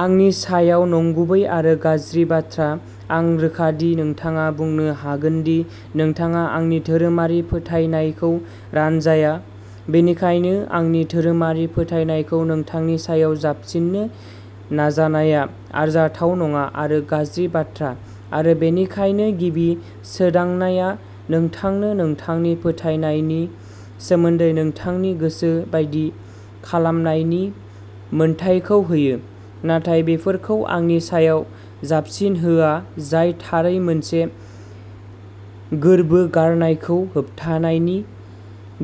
आंनि सायाव नंगुबै आरो गाज्रि बाथ्रा। आं रोखा दि नोंथाङा बुंनो हागोन दि नोंथाङा आंनि धोरोमारि फोथायनायखौ रानजाया, बेनिखायनो आंनि धोरोमारि फोथायनायखौ नोंथांनि सायाव जाबसिननो नाजानाया आरजाथाव नङा आरो गाज्रि बाथ्रा। आरो बेनिखायनो गिबि सोदांनायआ नोंथांनो नोंथांनि फोथायनायनि सोमोन्दै नोंथांनि गोसो बायदि खालामनायनि मोन्थाइखौ होयो, नाथाय बेफोरखौ आंनि सायाव जाबसिनहोआ जाय थारै मोनसे गोर्बो गारनायखौ होबथानायनि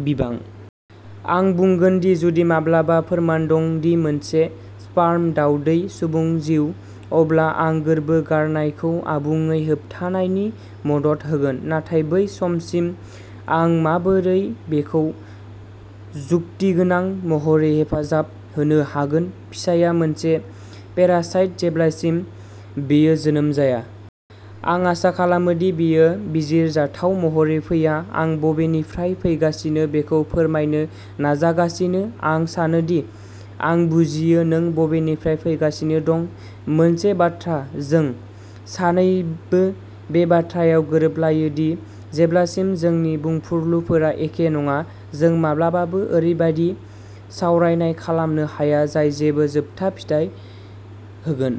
बिबां। आं बुंगोन दि जुदि माब्लाबा फोरमान दं दि मोनसे स्पार्म दावदै सुबुं जिउ, अब्ला आं गोर्बो गारनायखौ आबुङै होबथानायनि मदद होगोन। नाथाय बै समसिम, आं माबोरै बेखौ जुक्तिगोनां महरै हेफाजाब होनो हागोन फिसाया मोनसे पेरासाइट जेब्लासिम बेयो जोनोम जाया। आं आसा खालामो दि बेयो बिजिरजाथाव महरै फैया। आं बबेनिफ्राय फैगासिनो बेखौ फोरमायनो नाजागासिनो आं सानो दि आं बुजियो नों बबेनिफ्राय फैगासिनो दं। मोनसे बाथ्रा जों। सानैबो बे बाथ्रायाव गोरोबलायो दि जेब्लासिम जोंनि बुंफुरलुफोरा एखे नङा, जों माब्लाबाबो ओरैबादि सावरायनाय खालामनो हाया जाय जेबो जोबथा फिथाय होगोन।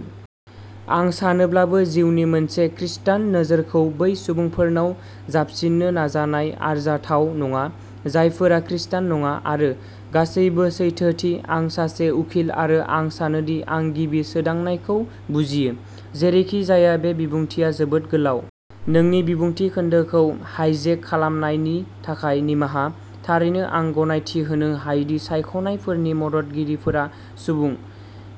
आं सानोब्लाबो, जिउ नि मोनसे खृस्टान नोजोरखौ बै सुबुंफोरनाव जाबसिननो नाजानाय आरजाथाव नङा, जायफोरा खृस्टान नङा। आरो, गासैबो सैथोथि, आं सासे उखिल आरो आं सानो दि आं गिबि सोदांनायखौ बुजियो। जेरैखिजाया, बे बिबुंथिआ जोबोद गोलाव। नोंनि बिबुंथि खोन्दोखौ हाइजेक खालामनायनि थाखाय निमाहा। थारैनो आं गनायथि होनो हायो दि सायख'नायफोरनि मददगिरिफोरा सुबुं,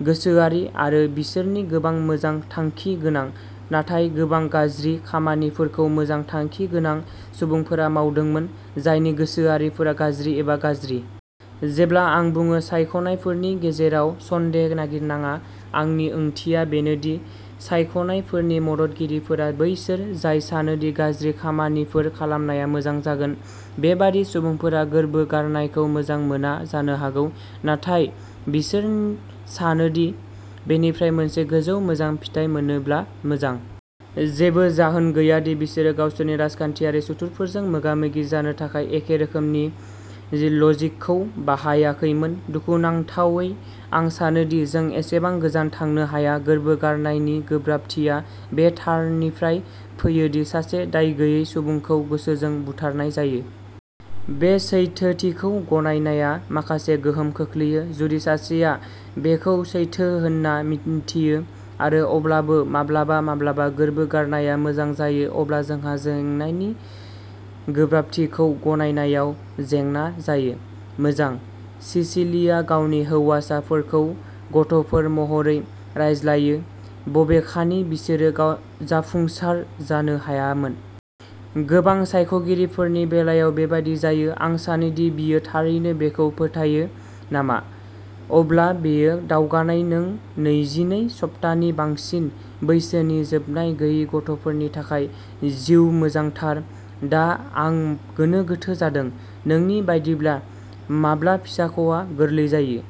गोसोआरि, आरो बिसोरनि गोबां मोजां थांखि गोनां। नाथाय गोबां गाज्रि खामानिफोरखौ मोजां थांखि गोनां सुबुंफोरा मावदोंमोन, जायनि गोसोआरिफोरा गाज्रि एबा गाज्रि। जेब्ला आं बुङो सायख'नायफोरनि गेजेराव सन्देह' नागिरनाङा आंनि ओंथिया बेनो दि सायख'नायफोरनि मददगिरिफोरा बैसोर जाय सानो दि गाज्रि खामानिफोर खालामनाया मोजां जागोन। बेबादि सुबुंफोरा गोर्बो गारनायखौ मोजां मोना जानो हागौ। नाथाय बिसोर सानो दि बेनिफ्राय मोनसे गोजौ मोजां फिथाय मोनोब्ला मोजां। जेबो जाहोन गैया दि बिसोरो गावसोरनि राजखान्थियारि सुथुरफोरजों मोगा-मोगि जानो थाखाय एखे रोखोमनि लजिकखौ बाहायाखैमोन। दुखुनांथावै आं सानो दि जों एसेबां गोजान थांनो हाया। गोर्बो गारनायनि गोब्राबथिया बे थारनिफ्राय फैयो दि सासे दायगैयै सुबुंखौ गोसोजों बुथारनाय जायो। बे सैथोथिखौ गनायनाया माखासे गोहोम खोख्लैयो। जुदि सासेया बेखौ सैथो होन्ना मिन्थियो, आरो अब्लाबो माब्लाबा माब्लाबा गोर्बो गारनाया मोजां जायो, अब्ला जोंहा जेंनानि गोब्राबथिखौ गनायनायाव जेंना जायो। मोजां, सिसिलिआ गावनि हौवासाफोरखौ गथ'फोर महरै रायज्लायो, बबेखानि बिसोरो जाफुंसार जानो हायामोन। गोबां सायख'गिरिफोरनि बेलायाव बेबादि जायो। आं सानो दि बियो थारैनो बेखौ फोथायो नामा। अब्ला बेयो दावगानाय नों नैजिनै सप्तानि बांसिन बैसोनि जोनोम गैयै गथ'फोरनि थाखाय जिउ मोजां थार? दा आं गोनो गोथो जादों। नोंनि बायदिब्ला, माब्ला फिसाख'आ गोरलै जायो?